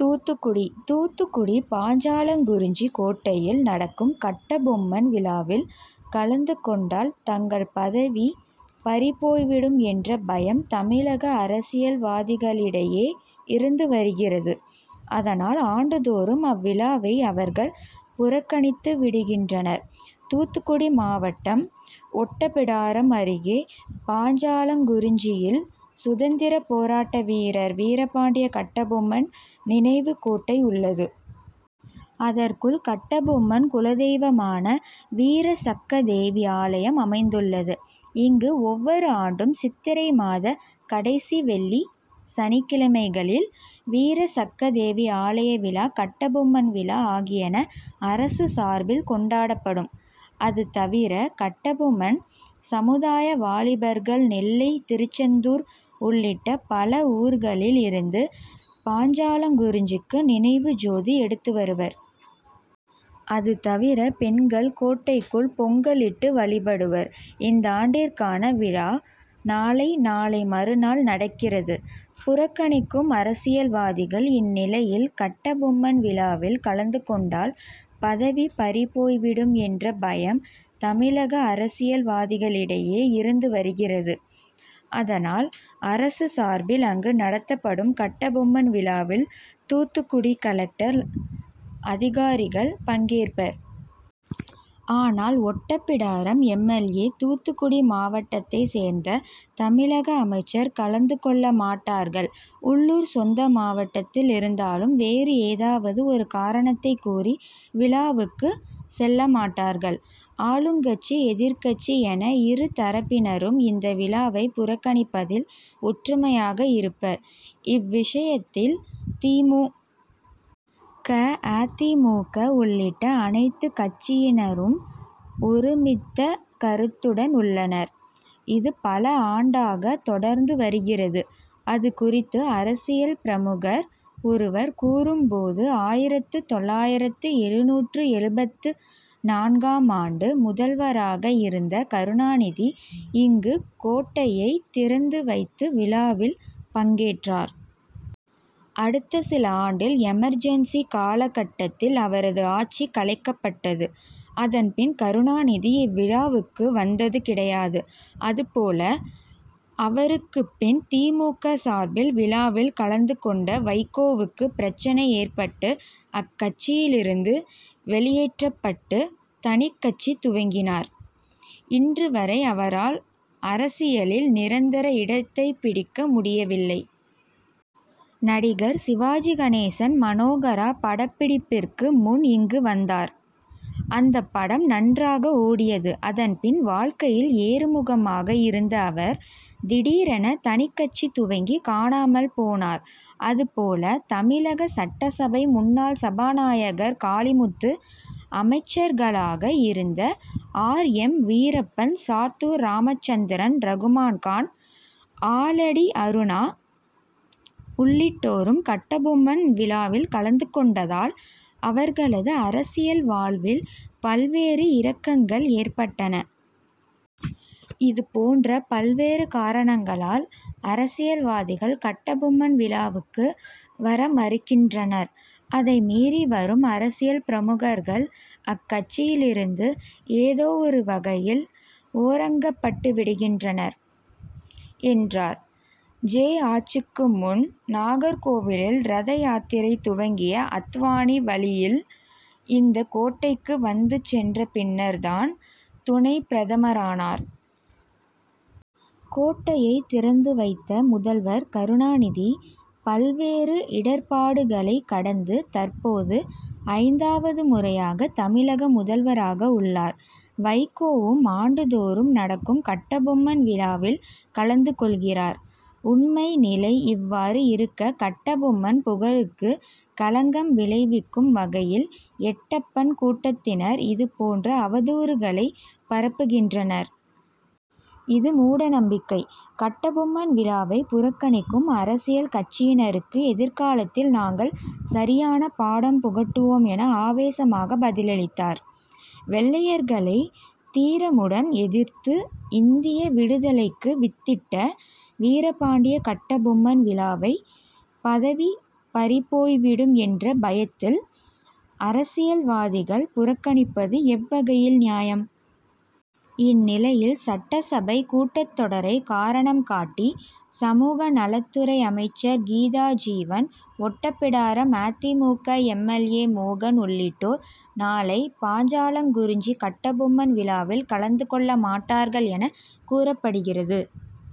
தூத்துக்குடி தூத்துக்குடி பாஞ்சாலங்குறிச்சி கோட்டையில் நடக்கும் கட்டபொம்மன் விழாவில் கலந்து கொண்டால் தங்கள் பதவி பறிபோய்விடும் என்ற பயம் தமிழக அரசியல்வாதிகளிடையே இருந்து வருகிறது. அதனால் ஆண்டுதோறும் அவ்விழாவை அவர்கள் புறக்கணித்துவிடுகின்றனர். தூத்துக்குடி மாவட்டம் ஒட்டப்பிடாரம் அருகே பாஞ்சாலங்குறிச்சியில் சுதந்திர போராட்ட வீரர் வீரபாண்டிய கட்டபொம்மன் நினைவுக்கோட்டை உள்ளது. அதற்குள் கட்டபொம்மன் குலதெய்வமான வீரசக்கதேவி ஆலயம் அமைந்துள்ளது. இங்கு ஒவ்வொரு ஆண்டும் சித்திரை மாத கடைசி வெள்ளி சனிக்கிழமைகளில் வீரசக்கதேவி ஆலய விழா கட்டபொம்மன் விழா ஆகியன அரசு சார்பில் கொண்டாடப்படும். அதுதவிர கட்டபொம்மன் சமுதாய வாலிபர்கள் நெல்லை திருச்செந்தூர் உள்ளிட்ட பல ஊர்களில் இருந்து பாஞ்சாலங்குறிச்சிக்கு நினைவு ஜோதி எடுத்துவருவர். அதுதவிர பெண்கள் கோட்டைக்குள் பொங்கலிட்டு வழிபடுவர். இந்தாண்டிற்கான விழா நாளை நாளை மறுநாள் நடக்கிறது. புறக்கணிக்கும் அரசியல்வாதிகள் இந்நிலையில் கட்டபொம்மன் விழாவில் கலந்துகொண்டால் பதவி பறிபோய்விடும் என்ற பயம் தமிழக அரசியல்வாதிகளிடையே இருந்துவருகிறது. அதனால் அரசு சார்பில் அங்கு நடத்தப்படும் கட்டபொம்மன் விழாவில் தூத்துக்குடி கலெக்டர் அதிகாரிகள் பங்கேற்பர். ஆனால் Ottapidaram M. L. A. Thoothukudi மாவட்டத்தைச் சேர்ந்த தமிழக அமைச்சர் கலந்துகொள்ளமாட்டார்கள். உள்ளூர் சொந்த மாவட்டத்தில் இருந்தாலும் வேறு ஏதாவது ஒரு காரணத்தைக்கூறி விழாவுக்கு செல்லமாட்டார்கள். ஆளுங்கட்சி எதிர்க்கட்சி என இருதரப்பினரும் இந்த விழாவை புறக்கணிப்பதில் ஒற்றுமையாக இருப்பர். இவ்விஷயத்தில் தி. மு. க. அ. தி. மு. க. உள்ளிட்ட அனைத்துக்கட்சியினரும் ஒருமித்த கருத்துடன் உள்ளனர். இது பல ஆண்டாக தொடர்ந்துவருகிறது. அதுகுறித்து அரசியல் பிரமுகர் ஒருவர் கூறும்போது ஆயிரத்து தொள்ளாயிரத்து எழுநூற்று எழுபத்து நான்காம் ஆண்டு முதல்வராக இருந்த கருணாநிதி இங்கு கோட்டையை திறந்துவைத்து விழாவில் பங்கேற்றார். அடுத்த சில ஆண்டில் எமர்ஜென்சி காலகட்டத்தில் அவரது ஆட்சி கலைக்கப்பட்டது. அதன்பின் கருணாநிதி இவ்விழாவுக்கு வந்தது கிடையாது. அதுபோல அவருக்குப்பின் தி. மு. க. சார்பில் விழாவில் கலந்துகொண்ட வைகோவுக்கு பிரச்னை ஏற்பட்டு அக்கட்சியிலிருந்து வெளியேற்றப்பட்டு தனிக்கட்சி துவங்கினார். இன்று வரை அவரால் அரசியலில் நிரந்தர இடத்தைப்பிடிக்க முடியவில்லை. நடிகர் சிவாஜி கணேசன் மனோகரா படப்பிடிப்பிற்கு முன் இங்கு வந்தார். அந்த படம் நன்றாக ஓடியது. அதன்பின் வாழக்கையில் ஏறுமுகமாக இருந்த அவர் திடீரென தனிக்கட்சி துவங்கி காணாமல் போனார். அதுபோல தமிழக சட்டசபை முன்னாள் சபாநாயகர் காளிமுத்து அமைச்சர்களாக இருந்த ஆர். எம். வீரப்பன் சாத்தூர் ராமச்சந்திரன் ரகுமான்கான் ஆலடி அருணா உள்ளிட்டோரும் கட்டபொம்மன் விழாவில் கலந்துகொண்டதால் அவர்களது அரசியல் வாழ்வில் பல்வேறு இறக்கங்கள் ஏற்பட்டன. இதுபோன்ற பல்வேறு காரணங்களால் அரசியல்வாதிகள் கட்டபொம்மன் விழாவுக்கு வரமறுக்கின்றனர். அதைமீறி வரும் அரசியல் பிரமுகர்கள் அக்கட்சியிலிருந்து ஏதோ ஒரு வகையில் ஓரங்கப்பட்டுவிடுகின்றனர் என்றார். ஜ. ஆட்சிக்கு முன் நாகர்கோவிலில் ரதயாத்திரை துவங்கிய அத்வானி வழியில் இந்த கோட்டைக்கு வந்து சென்ற பின்னர் தான் துணை பிரதமரானார். கோட்டையை திறந்துவைத்த முதல்வர் கருணாநிதி பல்வேறு இடர்பாடுகளை கடந்து தற்போது ஐந்தாவது முறையாக தமிழக முதல்வராக உள்ளார். வைகோவும் ஆண்டுதோறும் நடக்கும் கட்டபொம்மன் விழாவில் கலந்து கொள்கிறார். உண்மை நிலை இவ்வாறு இருக்க கட்டபொம்மன் புகழுக்கு களங்கம் விளைவிக்கும் வகையில் எட்டப்பன் கூட்டத்தினர் இதுபோன்ற அவதூறுகளை பரப்புகின்றனர். இது மூட நம்பிக்கை. கட்டபொம்மன் விழாவை புறக்கணிக்கும் அரசியல் கட்சியினருக்கு எதிர்காலத்தில் நாங்கள் சரியான பாடம் புகட்டுவோம் என ஆவேசமாக பதிலளித்தார். வெள்ளையர்களை தீரமுடன் எதிர்த்து இந்திய விடுதலைக்கு வித்திட்ட வீரபாண்டிய கட்டபொம்மன் விழாவை பதவி பறிபோய்விடும் என்ற பயத்தில் அரசியல்வாதிகள் புறக்கணிப்பது எவ்வகையில் நியாயம். இந்நிலையில் சட்டசபை கூட்டத்தொடரை காரணம் காட்டி சமூகநலத்துறை அமைச்சர் கீதாஜீவன் ஒட்டப்பிடாரம் அ. தி. மு. க. எம். எல். ஏ. மோகன் உள்ளிட்டோர் நாளை பாஞ்சாலங்குறிச்சி கட்டபொம்மன் விழாவில் கலந்துகொள்ளமாட்டார்கள் என கூறப்படுகிறது.